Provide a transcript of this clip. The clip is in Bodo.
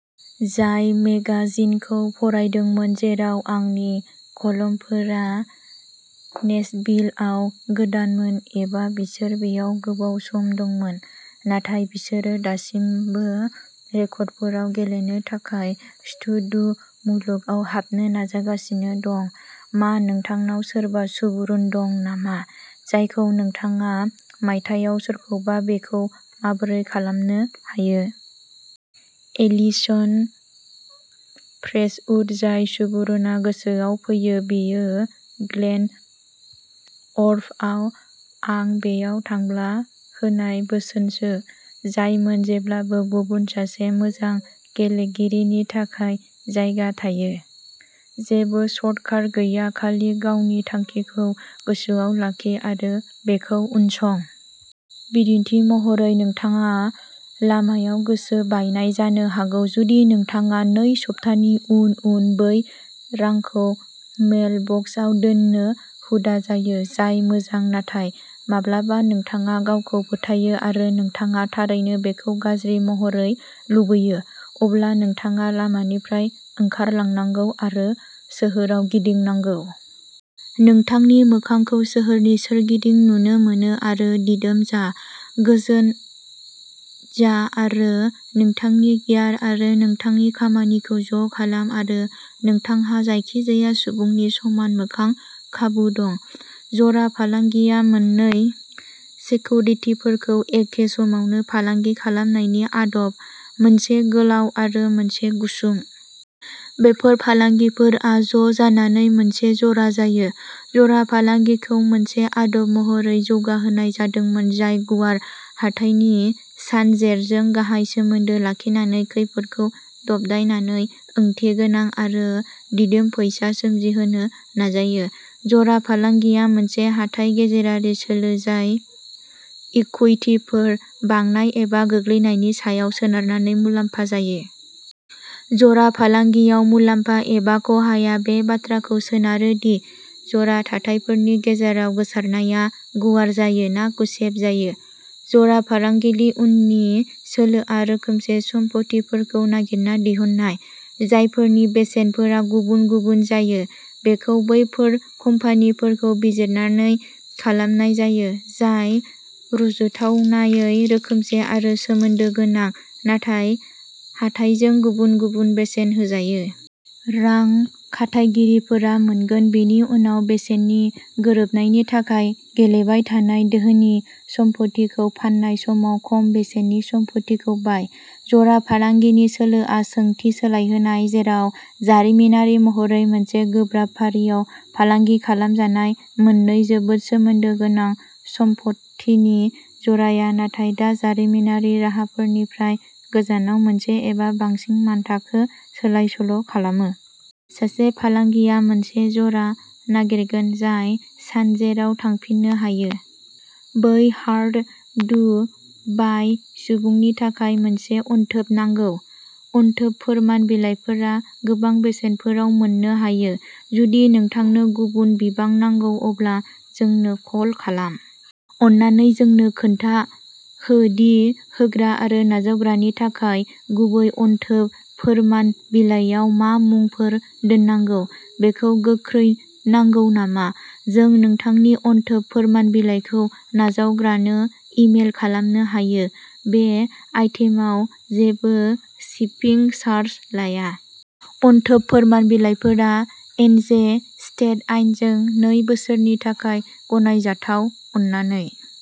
जाय मेगाजिनखौ फरायदोंमोन, जेराव आंनि कलमफोरा नेसभिलआव गोदानमोन एबा बिसोर बेयाव गोबाव सम दंमोन, नाथाय बिसोरो दासिमबो रेकर्डफोराव गेलेनो थाखाय स्टुड'मुलुगाव हाबनो नाजागासिनो दं। मा नोंथांनाव सोरबा सुबुरुन दं नामा, जायखौ नोंथाङा मायथाइयाव सोरखौबा बेखौ माबोरै खालामनो हायो? एलिसन प्रेस्टउड जाय सुबुरुनआ गोसोआव फैयो, बेयो ग्लेन वर्फआ आं बेयाव थांब्ला होनाय बोसोनसो, जायमोन जेब्लाबो गुबुन सासे मोजां गेलेगिरिनि थाखाय जायगा थायो। जेबो सर्टकाट गैया खालि गावनि थांखिखौ गोसोआव लाखि आरो बेखौ उनसं। बिदिन्थि महरै, नोंथाङा लामायाव गोसो बायनाय जानो हागौ जुदि नोंथाङा नै सप्तानि उन उन बै रांखौ मेल बक्सआव दोननो हुदा जायो, जाय मोजां नाथाय माब्लाबा नोंथाङा गावखौ फोथायो आरो नोंथाङा थारैनो बेखौ गाज्रि महरै लुबैयो, अब्ला नोंथाङा लामानिफ्राय ओंखारलांनांगौ आरो सोहोराव गिदिंनांगौ। नोंथांनि मोखांखौ सोहोरनि सोरगिदिं नुनो मोनो आरो दिदोम जा, गोजोन जा आरो नोंथांनि गियार आरो नोंथांनि खामानिखौ ज' खालाम आरो नोंथांहा जायखिजाया सुबुंनि समान मोजां खाबु दं। जरा फालांगिआ मोननै सेकिउरिटिफोरखौ एखे समावनो फालांगि खालामनायनि आदब, मोनसे गोलाव आरो मोनसे गुसुं। बेफोर फालांगिफोरा ज' जानानै मोनसे जरा जायो। जरा फालांगिखौ मोनसे आदब महरै जौगाहोनाय जादोंमोन जाय गुवार हाथाइनि सानजेरजों गाहाय सोमोन्दो लाखिनानै खैफोदखौ दबथायनानै ओंथिगोनां आरो दिदोम फैसा सोमजिहोनो नाजायो। जरा फालांगिआ मोनसे हाथाइ गेजेरारि सोलो, जाय इकुइटिफोर बांनाय एबा गोग्लैनायनि सायाव सोनारनानै मुलाम्फा जायो। जरा फालांगियाव मुलाम्फा एबा खहाया बे बाथ्राखौ सोनारो दि जरा थाथायफोरनि गेजेराव गोसारनाया गुवार जायो ना गुसेब जायो। जरा फालांगिनि उननि सोलोआ रोखोमसे सम्फथिफोरखौ नागिरना दिहुननाय, जायफोरनि बेसेनफोरा गुबुन-गुबुन जायो। बेखौ बैफोर कम्पानिफोरखौ बिजिरनानै खालामनाय जायो, जाय रुजुथावनायै रोखोमसे आरो सोमोन्दो गोनां नाथाय हाथाइजों गुबुन-गुबुन बेसेन होजायो। रां खाथायगिरिफोरा मोनगोन। बेनि उनाव बेसेननि गोरोबनायनि थाखाय गेलेबाय थानाय धोनि सम्फथिखौ फान्नाय समाव खम बेसेननि सम्फथिखौ बाय। जरा फालांगिनि सोलोआ ओंथि सोलायहोनाय। जेराव जारिमिनारि महरै मोनसे गोब्राब फारियाव फालांगि खालामजानाय मोननै जोबोद सोमोन्दो गोनां सम्फथिनि जराआ नाथाय दा जारिमिनारि राहाफोरनिफ्राय गोजानाव मोनसे एबा बांसिन मानथाखो सोलायसोल'खालामो। सासे फालांगिरिया मोनसे जरा नागिरगोन जाय सानजेराव थांफिननो हायो। बै हार्ड टु बाय' सुबुंनि थाखाय मोनसे अनथोब नांगौ? अनथोब फोरमान बिलाइफोरा गोबां बेसेनफोराव मोननो हायो जुदि नोंथांनो गुबुन बिबां नांगौ, अब्ला जोंनो कल खालाम। अननानै जोंनो खोन्था हो दि होग्रा आरो नाजावग्रानि थाखाय गुबै अनथोब फोरमान बिलाइयाव मा मुंफोर दोननांगौ। बेखौ गोख्रै नांगौ नामा? जों नोंथांनि अनथोब फोरमान बिलाइखौ नाजावग्रानो इमेल खालामनो हायो। बे आइटेमआव जेबो शिपिं चार्ज लाया। अनथोब फोरमान बिलाइफोरा एनजे स्टेट आयेनजों नै बोसोरनि थाखाय गनायजाथाव अननानै।